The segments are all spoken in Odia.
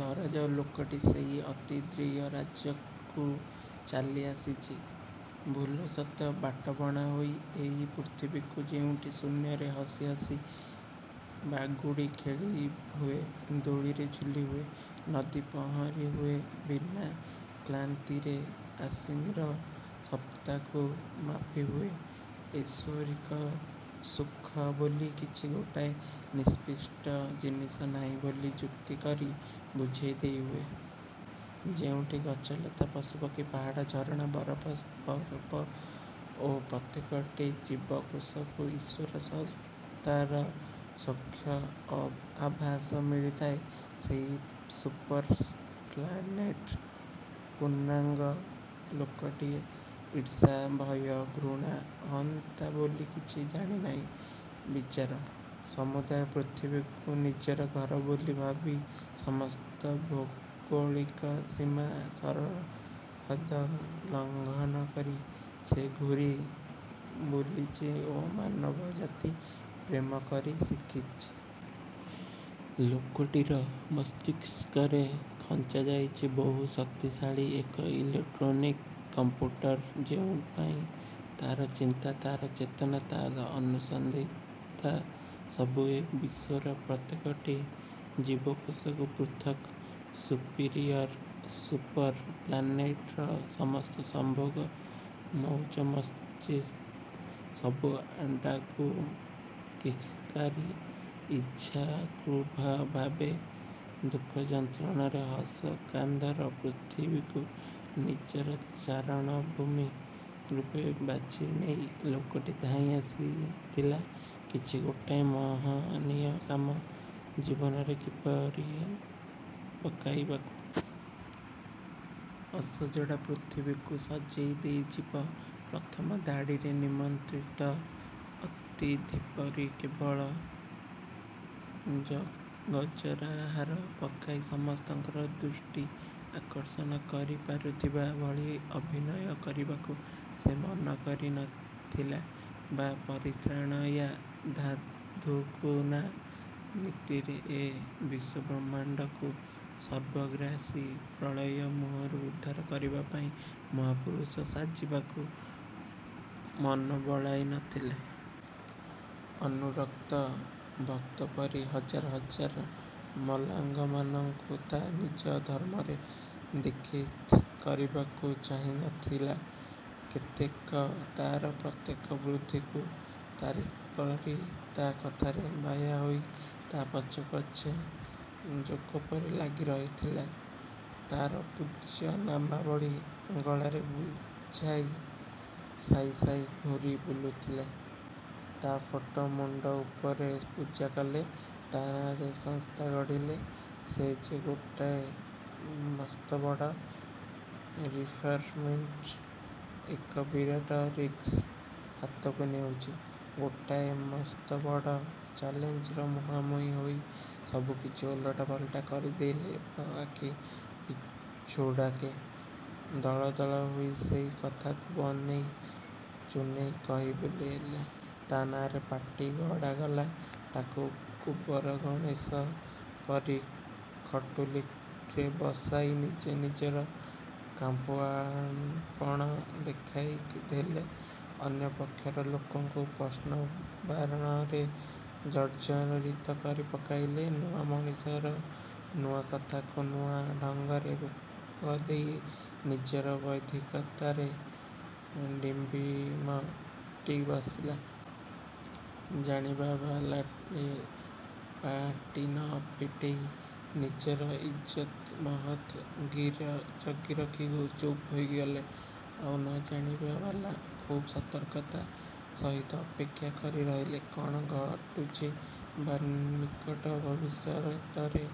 ଧରାଯାଉ, ଲୋକଟି ସେଇ ଅତିନ୍ଦ୍ରିୟ ରାଜ୍ୟରୁ ଚାଲି ଆସିଚି ଭୁଲ୍ବଶତଃ ବାଟବଣା ହୋଇ ଏଇ ପୃଥିବୀକୁ ଯେଉଁଠି ଶୂନ୍ୟରେ ହସିହସି ବାଗୁଡ଼ି ଖେଳିହୁଏ, ଦୋଳିରେ ଝୁଲିହୁଏ, ନଈ ପହଁରି ହୁଏ ବିନା କ୍ଳାନ୍ତିରେ। ଅସୀମର ସତ୍ତାକୁ ମାପିହୁଏ। ଐଶ୍ୱରିକ ସୁଖ ବୋଲି କିଛି ଗୋଟାଏ ନିର୍ଦ୍ଦିଷ୍ଟ ଜିନିଷ ନାଇଁ ବୋଲି ଯୁକ୍ତି କରି ବୁଝେଇ ଦେଇହୁଏ। ଯେଉଁଠି ଗଛଲତା, ପଶୁପକ୍ଷୀ, ପାହାଡ଼, ଝରଣା, ବରଫ ସ୍ତୁପ ଓ ପ୍ରତ୍ୟେକଟି ଜୀବକୋଷରୁ ଈଶ୍ୱର ସତ୍ତାର ସୂକ୍ଷ୍ମ ଆଭାସ ମିଳିଥାଏ। ସେଇ ସୁପର୍ ପ୍ଲାନେଟ୍ର ପୂର୍ଣ୍ଣାଙ୍ଗ ଲୋକଟିଏ। ଈର୍ଷା, ଭୟ, ଘୃଣା, ଅହନ୍ତା ବୋଲି କିଛି ଜାଣିନାଇଁ ବିଚାରା! ସମୁଦାୟ ପୃଥିବୀକୁ ନିଜର ଘର ବୋଲି ଭାବି ସମସ୍ତ ଭୌଗୋଳିକ ସୀମା ସରହଦ ଲଙ୍ଘନ କରି ସେ ଘୂରି ବୁଲିଚି ଓ ମାନବ ଜାତିକୁ ପ୍ରେମକରି ଶିଖିଚି। ଲୋକଟିର ମସ୍ତିଷ୍କରେ ଖଞ୍ଜାଯାଇଛି ବହୁ ଶକ୍ତିଶାଳୀ ଏକ ଇଲେକ୍ଟ୍ରୋନିକ କମ୍ପ୍ୟୁଟର। ଯେଉଁଥିପାଇଁ ତା'ର ଚିନ୍ତା ତା'ର ଚେତନା ତା'ର ଅନୁସନ୍ଧିତ୍ସା ସବୁ ଏ ବିଶ୍ୱର ପ୍ରତ୍ୟେକଟି ଜୀବକୋଷରୁ ପୃଥକ୍। ସୁପିରିଅର୍। ସୁପର୍ ପ୍ଲାନେଟର ସମସ୍ତ ସମ୍ଭୋଗ, ମଉଜମଜ୍ଲିସ୍, ସବୁ ଆଡ୍ଡାକୁ କିକ୍ମାରି ଇଚ୍ଛାକୃତଭାବେ ଦୁଃଖଯନ୍ତ୍ରଣାର, ହସକାନ୍ଦର ପୃଥିବୀକୁ ନିଜର ଚାରଣଭୂମି ରୂପେ ବାଛିନେଇ ଲୋକଟି ଧାଇଁ ଆସିଥିଲା କିଛି ଗୋଟାଏ ମହନୀୟ କାମ ଜୀବନରେ କରି ପକାଇବାକୁ। ଅସଜଡ଼ା ପୃଥିବୀକୁ ସଜେଇ ଦେଇଯିବ। ପ୍ରଥମ ଧାଡ଼ିରେ ନିମନ୍ତ୍ରିତ ଅତିଥିପରି ବେକରେ ଗଜରାହାର ପକାଇ ସମସ୍ତଙ୍କର ଦୃଷ୍ଟି ଆକର୍ଷଣ କରି ପାରୁଥିବା ଭଳି ଅଭିନୟ କରିବାକୁ ସେ ମନକରି ନଥିଲା ବା' ପରିତ୍ରାଣୟାଂ ସାଧୁନାଂ ନୀତିରେ ଏ ବିଶ୍ୱବ୍ରହ୍ମାଣ୍ଡକୁ ସର୍ବଗ୍ରାସୀ ପ୍ରଳୟ ମୁହଁରୁ ଉଦ୍ଧାର କରିବାପାଇଁ ମହାପୁରୁଷ ସାଜିବାକୁ ମନବଳାଇ ନଥିଲା। ଅନୁରକ୍ତ ଭକ୍ତପରି ହଜାର ହଜାର ମଲାଙ୍ଗମାନଙ୍କୁ ତା' ନିଜ ଧର୍ମରେ ଦୀକ୍ଷିତ୍ କରିବାକୁ ଚାହିଁନଥିଲା। କେତେକ ତା'ର ପ୍ରତ୍ୟକ୍ଷ ବୁଦ୍ଧିକୁ ତାରିଫ୍କରି, ତା' କଥାରେ ବାୟାହୋଇ ତା' ପଛେ ପଛେ ଜୋକପରି ଲାଗି ରହିଥିଲେ। ତା'ର ପୂଜ୍ୟ ନାମାବଳି ଗଳାରେ ଝୁଲାଇ ସାଇ ସାଇ ଘୂରି ବୁଲୁଥିଲେ। ତା' ଫଟୋ ମୁଣ୍ଡଉପରେ ପୂଜା କଲେ। ତା' ନାଁରେ ସଂସ୍ଥା ଗଢ଼ିଲେ। ସେ ଯେ ଗୋଟାଏ ମସ୍ତବଡ଼, 'ରିଫରମିଷ୍ଟ'। ଏକ ବିରାଟ 'ରିସ୍କ' ହାତକୁ ନେଇଛି। ଗୋଟାଏ ମସ୍ତବଡ଼ ଚାଲେଞ୍ଜର ମୁହାଁମୁହିଁ ହୋଇ ସବୁକିଛି ଓଲଟ ପାଲଟ କରିଦେବ ଆଖି ପିଛୁଡ଼ାକେ। ଦଳଦଳ ହୋଇ ସେଇ କଥାକୁ ବନେଇ ଚୁନେଇ କହି ବୁଲିଲେ। ତା' ନାଁରେ ପାର୍ଟି ଗଢ଼ାଗଲା। ତାକୁ ଗୋବର ଗଣେଷ ପରି ଖଟୁଲିରେ ବସାଇ ନିଜ ନିଜର କାଢ଼ୁଆପଣ ଦେଖାଇ ହେଲେ। ଅନ୍ୟ ପକ୍ଷର ଲୋକଙ୍କୁ ପ୍ରଶ୍ନବାଣରେ ଜର୍ଜ୍ଜରିତ କରି ପକାଇଲେ। ନୂଆ ମଣିଷର ନୂଆ କଥାକୁ ନୂଆ ଢଙ୍ଗରେ ରୂପଦେଇ ନିଜର ବୌଦ୍ଧିକତାରେ ଡିଣ୍ଡିମ ପିଟି ବସିଲେ। ଜାଣିବାବାଲାଏ ପାଟି ନ ଫିଟେଇ ନିଜର ଇଜତ ମହତ ଜଗିରଖି ଚୁପ୍ ହୋଇଗଲେ। ଆଉ ନ ଜାଣିବା ବାଲା ଖୁବ୍ ସତର୍କତାର ସହିତ ଅପେକ୍ଷା କରି ରହିଲେ କ'ଣ ଘଟୁଛି ବା' ନିକଟ ଭବିଷ୍ୟତରେ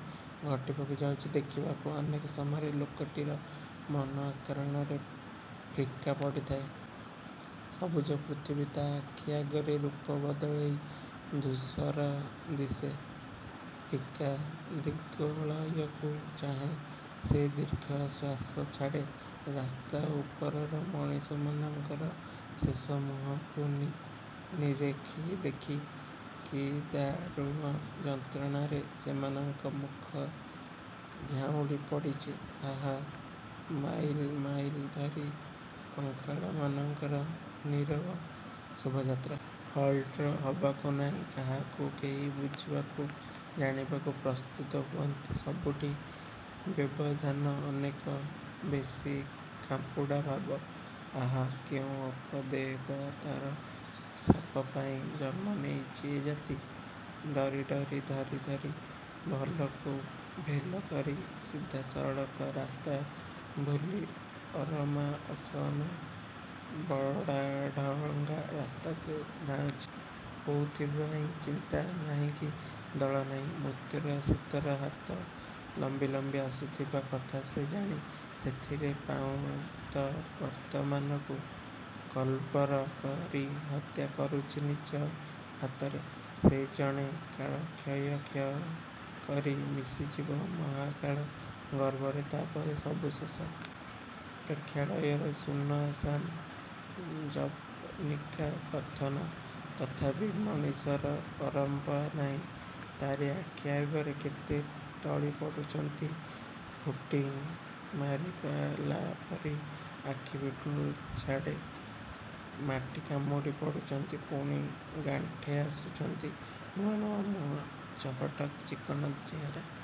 ଘଟିବାକୁ ଯାଉଛି ଦେଖିବାକୁ। ଅନେକ ସମୟରେ ଲୋକଟିର ମନ ଅକାରଣରେ ଫିକା ପଡ଼ିଥାଏ। ସବୁଜ ପୃଥିବୀ ତା' ଆଖି ଆଗରେ ରୂପ ବଦଳେଇ ଧୂସର ଦିଶେ। ଫିକା ଦିଗ୍ବଳୟକୁ ଚାହିଁ ସେ ଦୀର୍ଘଶ୍ୱାସ ଛାଡ଼େ। ରାସ୍ତା ଉପରର ମଣିଷମାନଙ୍କର ଶେଥା ମୁହଁକୁ ନିରେଖି ଦେଖେ। କି ଦାରୁଣ ଯନ୍ତ୍ରଣାରେ ସେମାନଙ୍କ ମୁହଁ ଝାଉଁଳି ପଡ଼ିଚି, ଆହାଃ! ମାଇଲ୍ ମାଇଲ୍ ଧରି କଙ୍କାଳମାନଙ୍କର ନୀରବ ଶୋଭାଯାତ୍ରା! ହଲ୍ଚଲ୍ ହବାକୁ ନାଇଁ। କାହାକୁ କେହି ବୁଝିବାକୁ, ଜାଣିବାକୁ ପ୍ରସ୍ତୁତ ନୁହନ୍ତି। ସବୁଠି ବ୍ୟବଧାନ ଅନେକ ବେଶୀ ଖାପ୍ଛଡ଼ା ଭାବ। ଆହାଃ, କେଉଁ ଅପଦେବତାର ଶାପ ପାଇ ଜନ୍ମନେଇଛି ଏ ଜାତି? ଡରିଡରି, ଥରି, ଥରି ଭଲକୁ ଭେଲକରି, ସିଧାସଳଖ ରାସ୍ତାଭୁଲି ଅରମା ଅସନା ବଙ୍କାଢଙ୍କା ରାସ୍ତାରେ ଧାଉଁଚି! କୋଉଥିପାଇଁ ଚିନ୍ତା ନାହିଁକି ଦକ ନାହିଁ। ମୃତ୍ୟୁର ଶୀତଳ ହାତ ଲମ୍ବି ଲମ୍ବି ଆସୁଥିବା କଥା ସେ ଜାଣେ। ସେଇଥି ପାଇଁତ ବର୍ତ୍ତମାନକୁ କଲବଲ କରି ହତ୍ୟା କରୁଛି ନିଜ ହାତରେ। ସେ ଜାଣେ, କାଳ କ୍ଷଣ କ୍ଷଣ କରି ମିଶିଯିବ ମହାକାଳ ଗର୍ଭରେ। ତା'ପରେ ସବୁ ଶେଷ। ପ୍ରେକ୍ଷାଳୟ ଶୂନଶାନ୍। ଯବନିକା ପତ୍ତନ। ତଥାପି ମଣିଷର ପରଓ୍ୱା ନାହିଁ। ତା'ରି ଆଖି ଆଗରେ କେତେ ଟଳି ପଡ଼ୁଛନ୍ତି। ଫୁଟ୍କି ମାରିଲାପରି ଆଖି ପିଛୁଡ଼ାକେ। ମାଟି କାମୁଡ଼ି ପଡ଼ୁଛନ୍ତି, ପୁଣି ଗାଣ୍ଠେ ଆସୁଛନ୍ତି। ନୂଆ ନୂଆ ମୁହଁ। ଚହଟ ଚିକ୍କଣ ଚେହେରା।